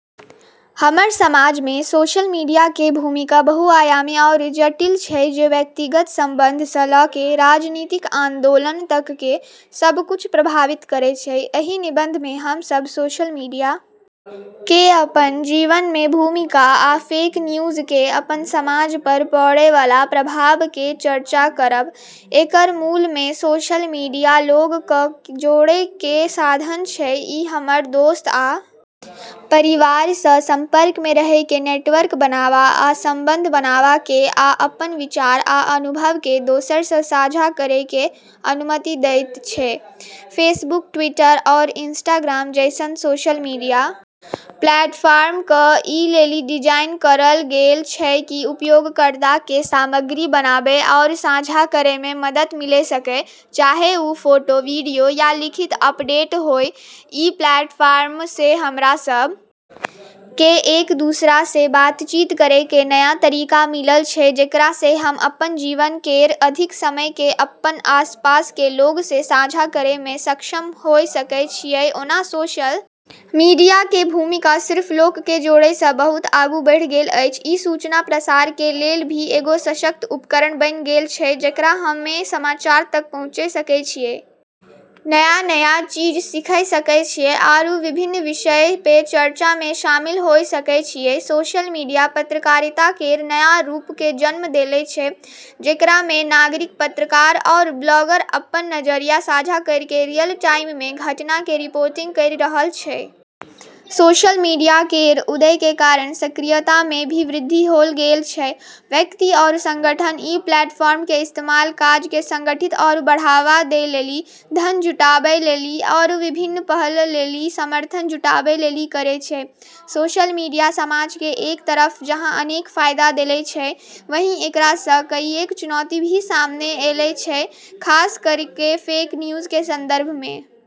हमरऽ समाज मे सोशल मीडिया के भूमिका बहुआयामी आरू जटिल छै जे व्यक्तिगत संबंध स ल के राजनीतिक आन्दोलन तक के सब कुछ प्रभावित करै छै, एहि निबंध मे हम सब सोशल मीडिया के अपन जीवन में भूमिका आ फेक न्यूज के अपन समाज पर पड़य वाला प्रभाव के चर्चा करब, एकरऽ मूल मे सोशल मीडिया लोगऽ क जोड़ै के साधन छै, इ हमरा दोस्त आ परिवार सं संपर्क मे रहय कें नेटवर्क बनावा आ संबंध बनावा कें आ अपन विचार आ अनुभव कें दोसर सं साझा करय कें अनुमति देयत छै, फेसबुक, ट्विटर आरू इंस्टाग्राम जैसनऽ सोशल मीडिया प्लेटफॉर्म क ई लेली डिजाइन करलऽ गेलऽ छै कि उपयोगकर्ता के सामग्री बनाबै आरू साझा करै मे मदद मिले सके, चाहे उ फोटो, वीडियो या लिखित अपडेट होय, ई प्लेटफार्मऽ से हमरा सब के एक-दूसरा से बातचीत करै के नया तरीका मिललऽ छै जेकरा से हम्म अपनऽ जीवन केरऽ अधिक समय के अपनऽ आसपास के लोगऽ से साझा करै मे सक्षम होय सकै छियै ओना सोशल मीडिया के भूमिका सिर्फ लोक के जोड़य सं बहुत आगू बढ़ि गेल अछि, ई सूचना प्रसार के लेलऽ भी एगो सशक्त उपकरण बनी गेलऽ छै जेकरा से हम्में समाचार तक पहुँचै सकै छियै, नया-नया चीज सीखै सकै छियै आरू विभिन्न विषयऽ पे चर्चा मे शामिल होय सकै छियै, सोशल मीडिया पत्रकारिता केरऽ नया रूप के जन्म देलै छै जेकरा मे नागरिक पत्रकार आरू ब्लॉगर अपनऽ नजरिया साझा करी के रियल टाइम मे घटना के रिपोर्टिंग करी रहलऽ छै। सोशल मीडिया केरऽ उदय के कारण सक्रियता मे भी वृद्धि होय गेलऽ छै, व्यक्ति आरू संगठन ई प्लेटफार्मऽ के इस्तेमाल काजऽ के संगठित आरू बढ़ावा दै लेली, धन जुटाबै लेली आरू विभिन्न पहलऽ लेली समर्थन जुटाबै लेली करै छै, सोशल मीडिया समाज के एक तरफ जहां अनेक फायदा देले छै, वहीं एकरा स कईएक चुनौती भी सामने ऐलऽ छै खास करी के फेक न्यूज के संदर्भ मे।